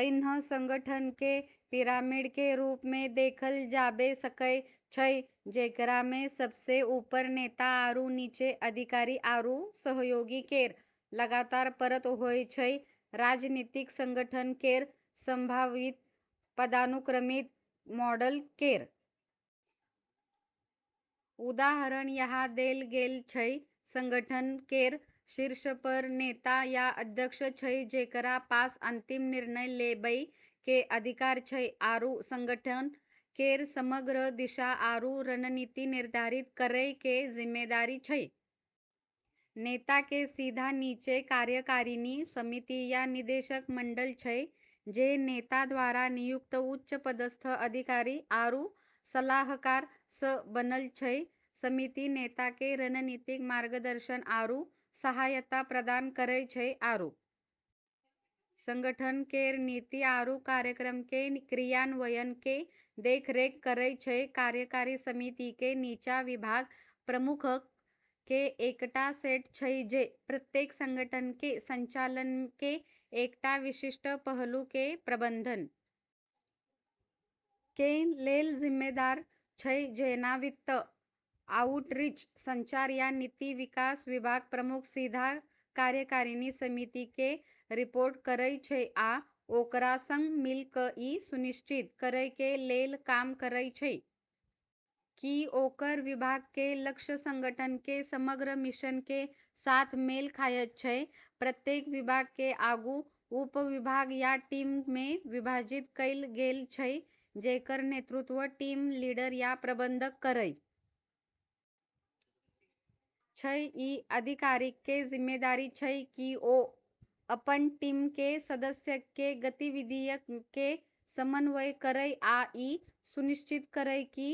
ऐन्हऽ संगठन के पिरामिड के रूप मे देखलऽ जाबे सकै छै जेकरा मे सबसें ऊपर नेता आरू नीचें अधिकारी आरू सहयोगी केरऽ लगातार परत होय छै, राजनीतिक संगठन केरऽ संभावित पदानुक्रमित मॉडल केरऽ उदाहरण यहाँ देलऽ गेलऽ छै, संगठन केरऽ शीर्ष पर नेता या अध्यक्ष छै जेकरा पास अंतिम निर्णय लेबै के अधिकार छै आरू संगठन केरऽ समग्र दिशा आरू रणनीति निर्धारित करै के जिम्मेदारी छै, नेता के सीधा नीचे कार्यकारिणी समिति या निदेशक मंडल छै जे नेता द्वारा नियुक्त उच्च पदस्थ अधिकारी आरू सलाहकारऽ स बनलऽ छै, समिति नेता के रणनीतिक मार्गदर्शन आरू सहायता प्रदान करै छै आरू संगठन केरऽ नीति आरू कार्यक्रमऽ के क्रियान्वयन के देख रेख करै छै, कार्यकारी समिति कें नीचा विभाग प्रमुखक कें एकटा सेट छै जे प्रत्येक संगठन कें संचालन कें एकटा विशिष्ट पहलू कें प्रबंधन कें लेल जिम्मेदार छै जेना वित्त, आउटरीच, संचार या नीति विकास विभाग प्रमुख सीधा कार्यकारिणी समिति कें रिपोर्ट करय छै आ ओकरा सं मिल क इ सुनिश्चित करय कें लेल काम करय छै कि ओकर विभाग कें लक्ष्य संगठन कें समग्र मिशन कें साथ मेल खायत छै, प्रत्येक विभाग कें आगू उपविभाग या टीम मे विभाजित कैल गेल छै जेकर नेतृत्व टीम लीडर या प्रबंधक करय छै, इ अधिकारीक कें जिम्मेदारी छै कि ओ अपन टीम कें सदस्यक कें गतिविधियक कें समन्वय करय आ इ सुनिश्चित करय कि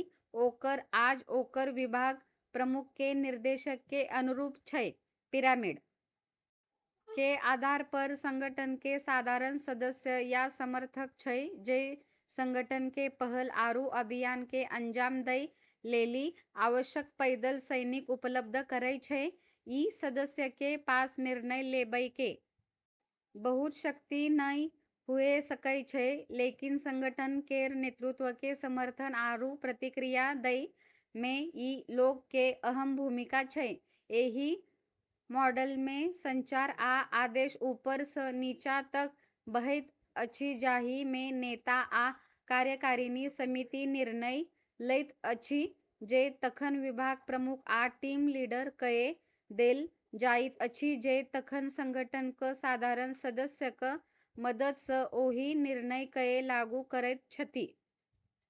ओकर काज ओकर विभाग प्रमुख कें निर्देशक कें अनुरूप छै, पिरामिड के आधार पर संगठन के साधारण सदस्य या समर्थक छै जे संगठन के पहल आरू अभियान के अंजाम दै लेली आवश्यक पैदल सैनिक उपलब्ध करै छै, ई सदस्यऽ के पास निर्णय लेबै के बहुत शक्ति नै हुए सकै छै, लेकिन संगठन केरऽ नेतृत्व के समर्थन आरू प्रतिक्रिया दै मे ई लोगऽ के अहम भूमिका छै, एहि मॉडल मे संचार आ आदेश ऊपर स नीचा तक बहैत अछि जाहि मे नेता आ कार्यकारिणी समिति निर्णय लैत अछि जे तखन विभाग प्रमुख आ टीम लीडर कए देल जाइत अछि जे तखन संगठन क साधारण सदस्य क मदद स ओहि निर्णय कए लागू करैत छथि।